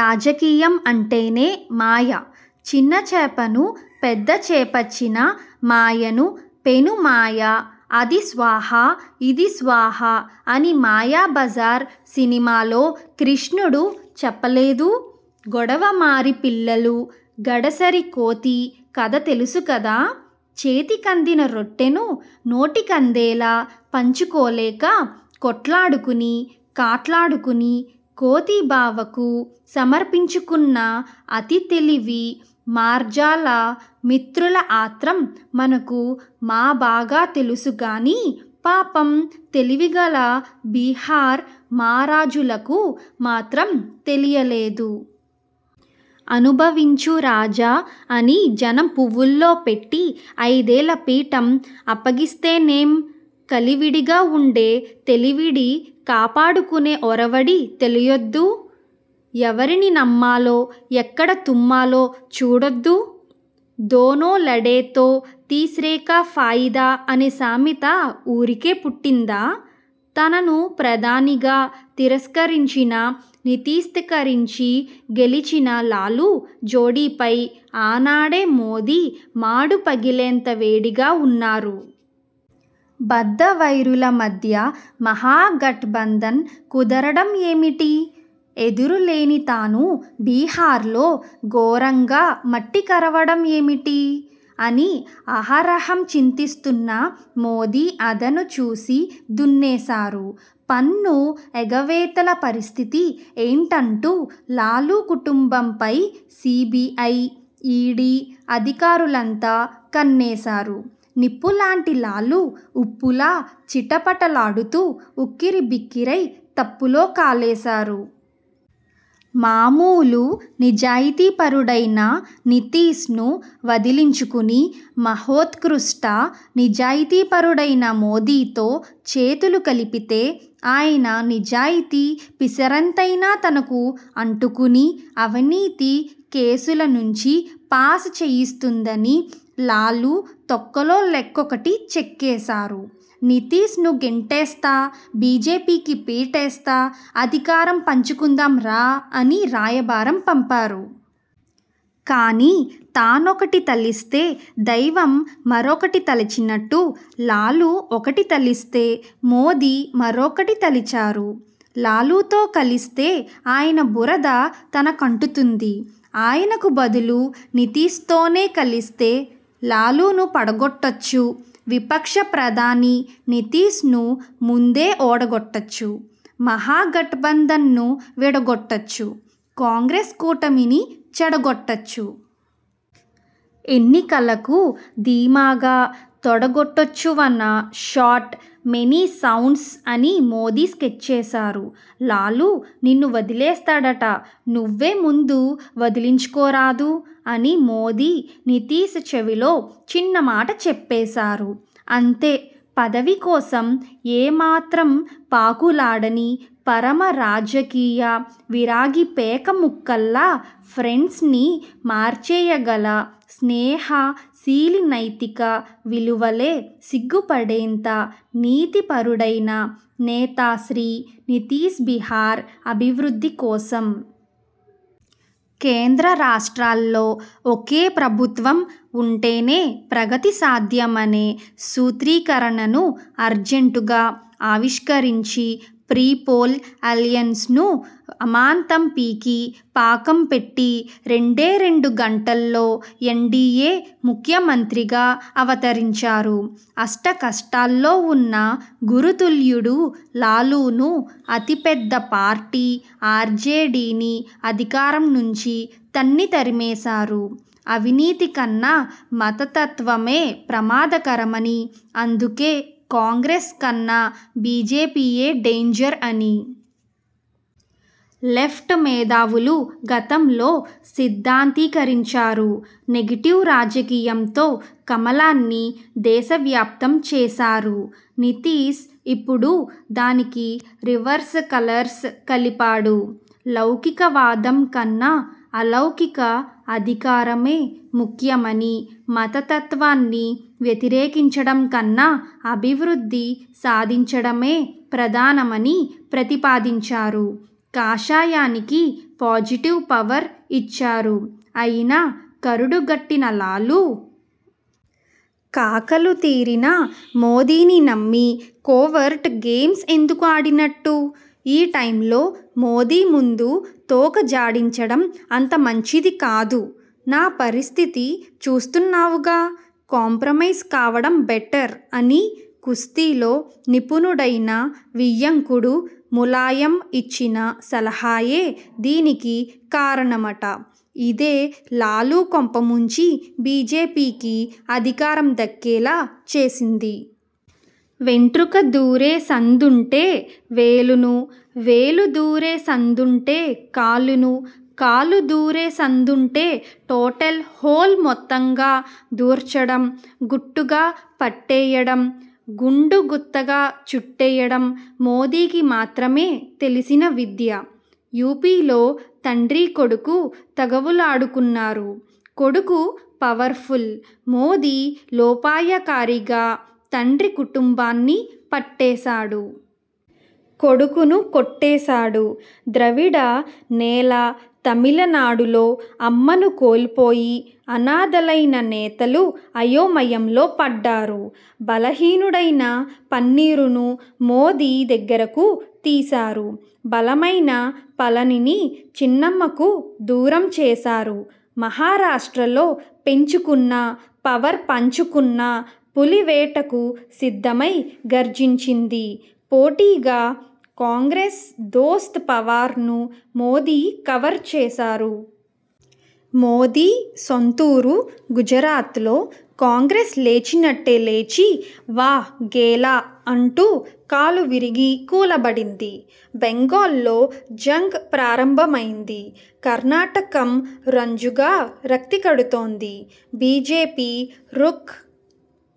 రాజకీయం అంటేనే మాయ. ''చిన చేపను పెద చేపచిన మాయను పెను మాయ అది స్వాహా ఇది స్వాహా'' అని మాయాబజార్ సినిమాలో కృష్ణుడు చెప్పలేదూ! గొడవమారి పిల్లులు.. గడసరి కోతి' కథ తెలుసు కదా! చేతికందిన రొట్టెను నోటికందేలా పంచుకోలేక కొట్లాడుకుని కాట్లాడుకుని కోతి బావకు సమర్పించుకున్న అతి తెలివి మార్జాల మిత్రుల ఆత్రం మనకు మాబాగా తెలుసుగానీ పాపం తెలివిగల్ల బిహార్ మారాజులకు మాత్రం తెలియలేదు! 'అనుభవించు రాజా' అని జనం పువ్వుల్లో పెట్టి ఐదేళ్ల పీఠం అప్పగిస్తేనేం?! కలివిడిగా ఉండే తెలివిడి కాపాడుకునే ఒరవడి తెలియొద్దూ! ఎవరిని నమ్మాలోఎక్కడ తుమ్మాలో చూడొద్ద్దూ! దోనో లడేతో తీస్రేకా ఫాయిదా అనే సామెత ఊరికే పుట్టిందా! తనను 'ప్రధాని'గా తిరస్కరించిన నితీశ్ధిక్కరించి గెలిచిన లాలు జోడీపై ఆనాడే మోదీ మాడు పగిలేంత వేడిగా ఉన్నారు. బద్ధవైరుల మధ్య మహాగఠ్బంధన్ కుదరడం ఏమిటి? ఎదురులేని తాను బిహార్ లో ఘోరంగా మట్టికరవడం ఏమిటి? అని అహరహం చింతిస్తున్న మోదీఅదను చూసి దున్నేశారు. పన్ను ఎగవేతల పరిస్థితి ఏంటంటూ లాలు కుటుంబంపై సీబీఐ, ఈడీ అధికారులంతా కన్నేశారు. 'నిప్పు'లాంటి లాలు ఉప్పులా చిటపటలాడుతూ ఉక్కిరిబిక్కిరై తప్పులో కాలేశారు. మామూలు నిజాయతీపరుడైన నితీశ్ ను వదిలించుకుని, మహోత్కృష్ట నిజాయతీపరుడైన మోదీతో చేతులు కలిపితేఆయన నిజాయితీ పిసరంతైనా తనకు అంటుకుని, అవినీతి కేసుల నుంచి పాస్ చేయిస్తుందని లాలు తొక్కలో లెక్కొకటి చెక్కేశారు. 'నితీశ్ ను గెంటేస్తా.. బీజేపీకి పీటేస్తా.. అధికారం పంచుకుందాం రా' అని రాయబారం పంపారు. కానీ తానొకటి తలిస్తే దైవం మరొకటి తలిచినట్టు.. లాలు ఒకటి తలిస్తే మోదీ మరొకటి తలిచారు. లాలుతో కలిస్తే ఆయన బురద తనకంటుతుంది. ఆయనకు బదులు నితీశ్తోనే కలిస్తే?! లాలును పడగొట్టొచ్చు'విపక్ష ప్రధాని' నితీశ్ ను ముందే ఓడగొట్టొచ్చు.. మహా గఠ్బంధన్ను విడగొట్టొచ్చు.. కాంగ్రెస్ కూటమిని చెడగొట్టొచ్చు.. ఎన్నికలకు ధీమాగా తొడగొట్టొచ్చువన షాట్.. మెనీ సౌండ్స్ అని మోదీ స్కెచ్చేశారు. 'లాలు నిన్ను వదిలేస్తాడటనువ్వే ముందు వదిలించుకోరాదూ! ' అని మోదీ నితీశ్ చెవిలో చిన్న మాట చెప్పేశారు. అంతే! పదవి కోసం ఏమాత్రం పాకులాడని పరమ రాజకీయ విరాగిపేక ముక్కల్లా ఫ్రెండ్స్ ని మార్చేయగల స్నేహ శీలినైతిక విలువలే సిగ్గుపడేంత నీతిపరుడైన నేతాశ్రీ నితీశ్బిహార్ అభివృద్ధి కోసం.. కేంద్ర రాష్ట్రాల్లో ఒకే ప్రభుత్వం ఉంటేనే ప్రగతి సాధ్యమనే సూత్రీకరణను అర్జంటుగా ఆవిష్కరించి ప్రీపోల్ అలయన్స్ ను అమాంతం పీకి పాకం పెట్టిరెండేరెండు గంటల్లో ఎన్డీయే ముఖ్యమంత్రిగా అవతరించారు. అష్టకష్టాల్లో ఉన్న గురుతుల్యుడు లాలును, అతిపెద్ద పార్టీ ఆర్జేడీని అధికారం నుంచి తన్ని తరిమేశారు! అవినీతికన్నా మతతత్వమే ప్రమాదకరమని అందుకే కాంగ్రెస్ కన్నా బీజేపీయే డేంజర్ అని.. లెఫ్ట్ మేధావులు గతంలో సిద్ధాంతీకరించారు. నెగెటివ్ రాజకీయంతో కమలాన్ని దేశవ్యాప్తం చేశారు. నితీశ్ ఇప్పుడు దానికి రివర్స్ కలర్స్ కలిపాడు. లౌకికవాదం కన్నా అలౌకిక అధికారమే ముఖ్యమని మతతత్వాన్ని వ్యతిరేకించడంకన్నా అభివృద్ధి సాధించడమే ప్రధానమని ప్రతిపాదించారు. కాషాయానికి పాజిటివ్ పవర్ ఇచ్చారు. అయినా కరడుగట్టిన లాలు.. కాకలుతీరిన మోదీని నమ్మి కోవర్ట్ గేమ్స్ ఎందుకు ఆడినట్టు? ''ఈ టైంలో మోదీ ముందు తోక ఝాడించడం అంతమంచిది కాదు. నా పరిస్థితి చూస్తున్నావుగా! కాంప్రమైజ్ కావడం బెటర్'' అని కుస్తీలో నిపుణుడైన వియ్యంకుడు ములాయం ఇచ్చిన సలహాయే దీనికి కారణమట. ఇదే లాలు కొంపముంచి బీజేపీకి అధికారం దక్కేలా చేసింది. వెంట్రుక దూరే సందుంటే వేలును.. వేలు దూరే సందుంటే కాలును.. కాలు దూరే సందుంటే టోటల్ హోల్ మొత్తంగా దూర్చడం.. గుట్టుగా పట్టేయడం, గుండుగుత్తగా చుట్టేయడం మోదీకి మాత్రమే తెలిసిన విద్య! యూపీలో తండ్రీ కొడుకు తగువులాడుకున్నారు. కొడుకు 'పవర్' ఫుల్. మోదీ లోపాయకారీగా తండ్రి కుటుంబాన్ని పట్టేశాడు. కొడుకును కొట్టేశాడు. ద్రవిడ నేల తమిళనాడులో 'అమ్మ'ను కోల్పోయి, అనాథలైన నేతలు అయోమయంలో పడ్డారు. బలహీనుడైన పన్నీరును మోదీ దగ్గరకు తీశారు. బలమైన పళనిని చిన్నమ్మకు దూరం చేశారు. మహారాష్ట్రలో పెంచుకున్న, పవర్ పంచుకున్న పులి వేటకు సిద్ధమై గర్జించింది. పోటీగా.. కాంగ్రెస్ దోస్త్ పవార్ ను మోదీ కవర్ చేశారు. మోదీ సొంతూరు గుజరాత్లో కాంగ్రెస్ లేచినట్టే లేచి.. ''వా.. ఘేలా'' అంటూ కాలువిరిగి కూలబడింది. బెంగాల్లో జంగ్ ప్రారంభమైంది. కర్నాటకం రంజుగా రక్తికడుతోంది. 'బీజేపీ రుక్'